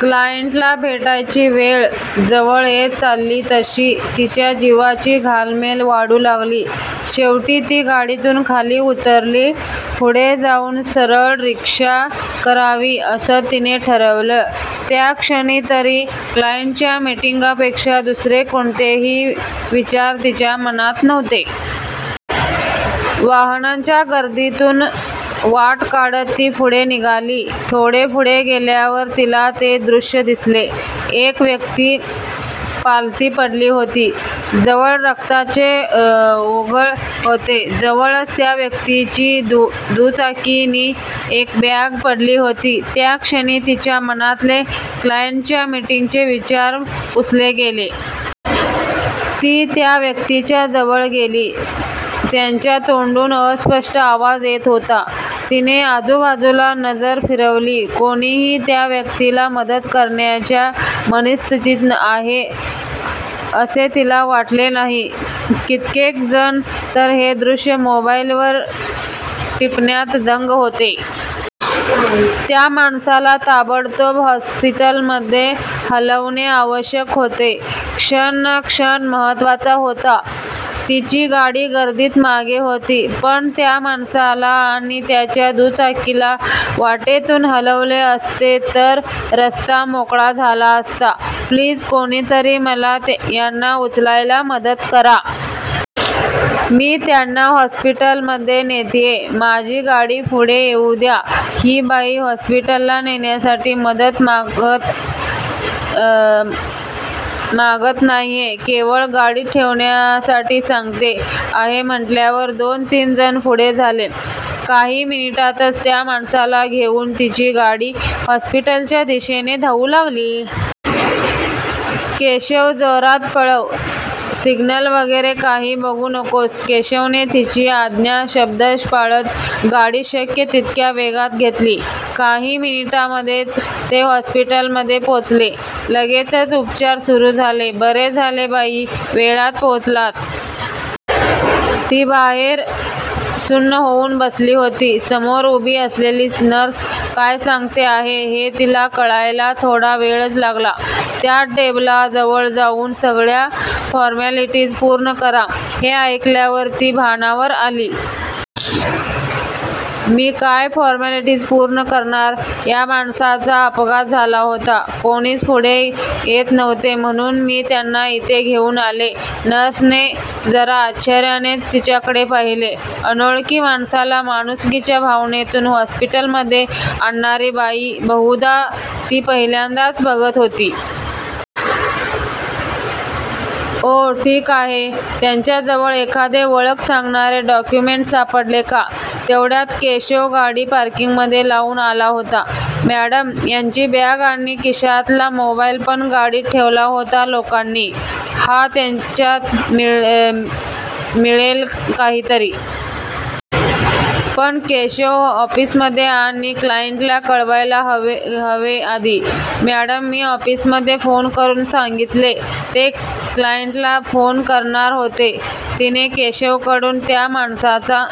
क्लायंटला भेटायची वेळ जवळ येत चालली तशी तिच्या जीवाची घालमेल वाढू लागली. शेवटी ती गाडीतून खाली उतरली. पुढे जाऊन सरळ रिक्षा करावी असं तिने ठरवलं. त्याक्षणी तरी क्लायंटच्या मिटिंगपेक्षा दुसरे कोणतेही विचार तिच्या मनात नव्हते. वाहनांच्या गर्दीतून वाट काढत ती पुढे निघाली. थोडे पुढे गेल्यावर तिला ते दृश्य दिसले. एक व्यक्ती पालथी पडली होती. जवळ रक्ताचे ओघळ होते. जवळच त्या व्यक्तीची दुचाकी नि एक बॅग पडली होती. त्या क्षणी तिच्या मनातले क्लायंटच्या मिटिंगचे विचार पुसले गेले. ती त्या व्यक्तीच्या जवळ गेली. त्यांच्या तोंडून अस्पष्ट आवाज येत होता. तिने आजूबाजूला नजर फिरवली. कोणीही त्या व्यक्तीला मदत करण्याच्या मनस्थितीत आहे असे तिला वाटले नाही. कित्येक जण तर हे दृश्य मोबाईलवर टिपण्यात दंग होते. त्या माणसाला ताबडतोब हॉस्पिटलमध्ये हलवणे आवश्यक होते. क्षण न क्षण महत्वाचा होता. तिची गाडी गर्दीत मागे होती. पण या माणसाला आणि त्याच्या दुचाकीला वाटेतून हलवले असते तर रस्ता मोकळा झाला असता. "प्लीज, कोणीतरी मला यांना उचलायला मदत करा. मी त्यांना हॉस्पीटलमध्ये नेतीये. माझी गाडी पुढे येऊ द्या. " ही बाई हॉस्पिटलला नेण्यासाठी मदत मागत नाहीये, केवळ गाडीत ठेवण्यासाठी सांगते आहे म्हटल्यावर दोन तीन जण पुढे झाले. काही मिनिटांतच त्या माणसाला घेऊन तिची गाडी हॉस्पिटलच्या दिशेने धावू लागली. "केशव, जोरात पळव. सिग्नल वगैरे काही बघू नकोस. " केशवने तिची आज्ञा शब्दशः पाळत गाडी शक्य तितक्या वेगात घेतली. काही मिनिटांमधेच ते हॉस्पिटलमध्ये पोचले. लगेचच उपचार सुरु झाले. "बरे झाले बाई, वेळात पोचलात. " ती बाहेर सुन्न होऊन बसली होती. समोर उभी असलेली नर्स काय सांगते आहे हे तिला कळायला थोडा वेळच लागला. "त्या टेबलाजवळ जाऊन सगळ्या फ़ोर्मालिटीज पूर्ण करा. " हे ऐकल्यावर ती भानावर आली. "मी काय फ़ोर्मालिटीज पूर्ण करणार? या माणसाचा अपघात झाला होता. कोणीच पुढे येत नव्हते म्हणून मी त्यांना इथे घेऊन आले. " नर्सने जरा आश्चर्यानेच तिच्याकडे पाहिले. अनोळखी माणसाला माणुसकीच्या भावनेतून हॉस्पिटलमध्ये आणणारी बाई बहुदा ती पहिल्यांदाच बघत होती. "ओह, ठीक आहे. त्यांच्या जवळ एखादे ओळख सांगणारे डॅाक्युमेंट सापडले का? "तेवढ्यात केशव गाडी पार्किंग मध्ये लाऊन आला होता. "मॅडम, यांची बॅग आणि खिशातला मोबाईल पण गाडीत ठेवला होता लोकांनी. ""हा. त्याच्यात मिळेल काहीतरी. पण केशव ऑफिसमध्ये आणि क्लायंटला कळवायला हवे आधी. ""मॅडम मी ऑफिसमध्ये फोन करून सांगितले. ते क्लायंटला फोन करणार होते. " तिने केशवकडून त्या माणसाचा